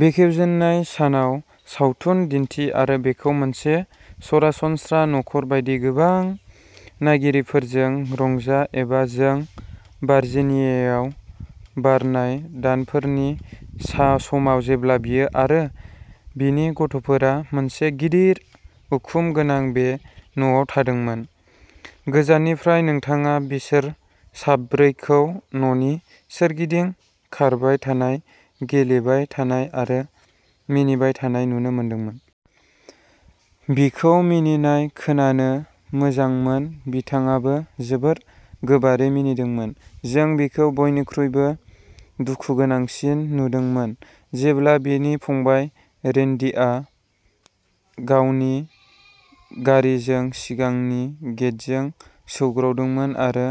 बेखेवजेननाय सानाव सावथुन दिन्थि आरो बेखौ मोनसे सरासनस्रा नखर बायदि गोबां नायगिरिफोरजों रंजा एबा जों भार्जिनियायाव बारनाय दानफोरनि समाव जेब्ला बियो आरो बिनि गथ'फोरा मोनसे गिदिर उखुम गोनां बे न'आव थादोंमोन। गोजाननिफ्राय नोंथाङा बिसोर साब्रैखौ न'नि सोरगिदिं खारबाय थानाय, गेलेबाय थानाय आरो मिनिबाय थानाय नुनो मोनदोंमोन। बिखौ मिनिनाय खोनानो मोजांमोन। बिथाङाबो जोबोद गोबारै मिनिदोंमोन। जों बिखौ बयनिख्रुइबो दुखुगोनांसिन नुदोंमोन, जेब्ला बिनि फंबाय रेन्डिआ गावनि गारिजों सिगांनि गेटजों सौग्रावदोंमोन आरो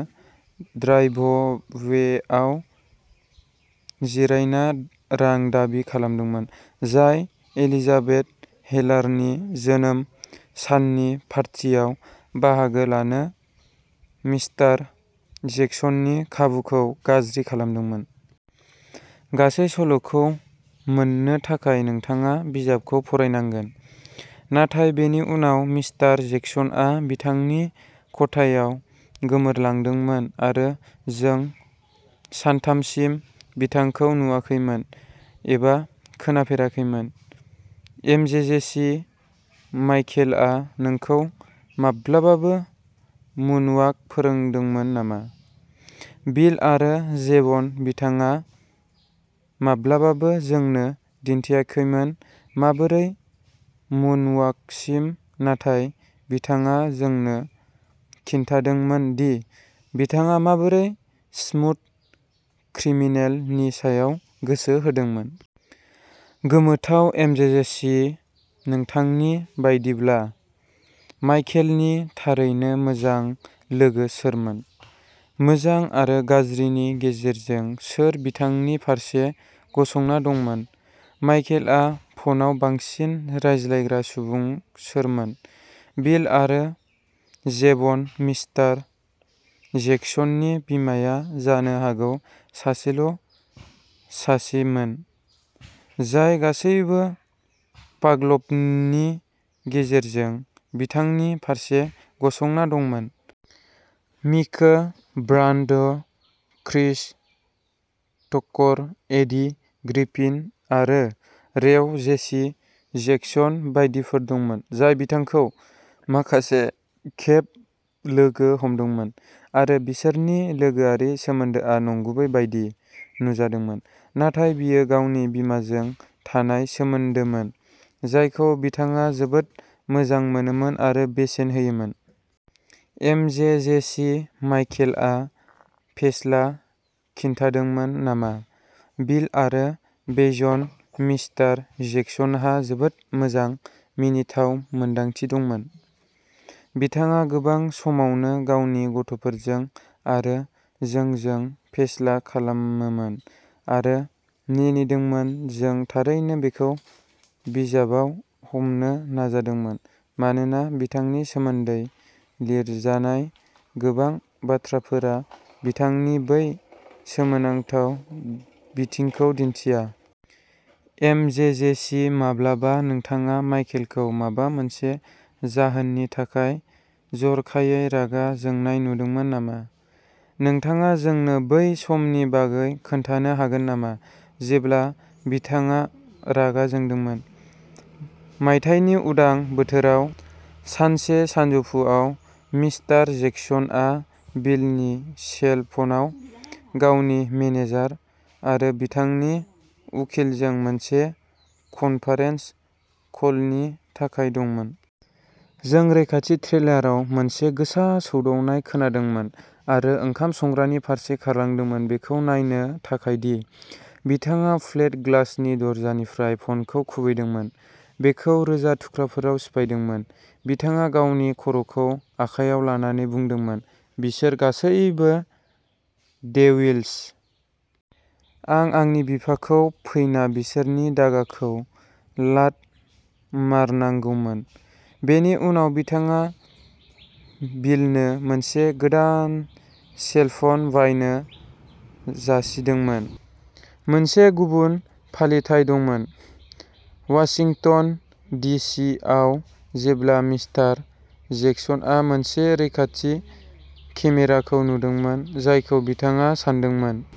ड्राइभवेआव जिरायना रां दाबि खालामदोंमोन, जाय एलिजाबेथ टेलारनि जोनोम साननि पार्टियाव बाहागो लानो मिस्टार जेक्सननि खाबुखौ गाज्रि खालामदोंमोन। गासै सल'खौ मोननो थाखाय नोंथाङा बिजाबखौ फरायनांगोन, नाथाय बेनि उनाव मिस्टार जेक्सनआ बिथांनि खथायाव गोमोरलांदोंमोन आरो जों सानथामसिम बिथांखौ नुवाखैमोन एबा खोनाफेराखैमोन। एमजेजेसि माइकेलआ नोंखौ माब्लाबाबो मुनवाक फोरोंदोंमोन नामा? बिल आरो जेभन बिथाङा माब्लाबाबो जोंनो दिन्थियाखैमोन माबोरै मुनवाकसिम, नाथाय बिथाङा जोंनो खिन्थादोंमोन दि बिथाङा माबोरै "स्मुथ क्रिमिनेल" नि सायाव गोसो होदोंमोन। गोमोथाव एमजेजेसी नोंथांनि बायदिब्ला माइकेलनि थारैनो मोजां लोगो सोरमोन? मोजां आरो गाज्रिनि गेजेरजों सोर बिथांनि फारसे गसंना दंमोन? माइकेलआ फनाव बांसिन रायज्लायग्रा सुबुं सोरमोन? बिल आरो जेभन मिस्टार जेक्सननि बिमाया जानो हागौ सासेल' सासेमोन जाय गासैबो पागलपननि गेजेरजों बिथांनि फारसे गसंना दंमोन। Miko Brand', Chris Tucker, Eddie Griffin आरो रेव जेसी जेक्सन बायदिफोर दंमोन जाय बिथांखौ माखासे खेब लोगो हमदोंमोन आरो बिसोरनि लोगोआरि सोमोन्दोआ नंगुबै बायदि नुजादोंमोन, नाथाय बियो गावनि बिमाजों थानाय सोमोन्दोमोन जायखौ बिथाङा जोबोद मोजां मोनोमोन आरो बेसेन होयोमोन। एमजेजेसी माइकेलआ फेस्ला खिन्थादोंमोन नामा? बिल आरो जेभन मिस्टार जेक्सनहा जोबोद मोजां मिनिथाव मोनदांथि दंमोन। बिथाङा गोबां समावनो गावनि गथ'फोरजों आरो जोंजों फेस्ला खालामोमोन आरो मिनिदोंमोन। जों थारैनो बेखौ बिजाबाव हमनो नाजादोंमोन, मानोना बिथांनि सोमोन्दै लिरजानाय गोबां बाथ्राफोरा बिथांनि बै सोमोनांथाव बिथिंखौ दिन्थिया। एमजेजेसि माब्लाबा नोंथाङा माइकेलखौ माबा मोनसे जाहोननि थाखाय जर'खायै रागा जोंनाय नुदोंमोन नामा? नोंथाङा जोंनो बै समनि बागै खोन्थानो हागोन नामा जेब्ला बिथाङा रागा जोंदोंमोन? मायथाइनि उदां बोथोराव सानसे सानजौफुआव, मिस्टार जेक्सनआ बिलनि सेल फनाव गावनि मेनेजार आरो बिथांनि उखिलजों मोनसे कनफारेन्स कलनि थाखाय दंमोन। जों रैखाथि ट्रेलाराव मोनसे गोसा सौदावनाय खोनादोंमोन आरो ओंखाम संग्रानि फारसे खारलांदोंमोन बेखौ नायनो थाखाय दि बिथाङा प्लेट ग्लासनि दरजानिफ्राय फ'नखौ खुबैदोंमोन, बेखौ रोजा थुख्राफोराव सिफायदोंमोन। बिथाङा गावनि खर'खौ आखायाव लानानै बुंदोंमोन, "बिसोर गासैबो डेविल्स। आं आंनि बिफाखौ फैना बिसोरनि धागाखौ लात मारनांगौमोन।" बेनि उनाव बिथाङा बिलनो मोनसे गोदान सेल फ'न बायनो जासिदोंमोन। मोनसे गुबुन फालिथाय दंमोन, वाशिंटन डि सि आव, जेब्ला मिस्टार जेक्सनआ मोनसे रैखाथि केमेराखौ नुदोंमोन जायखौ बिथाङा सानदोंमोन।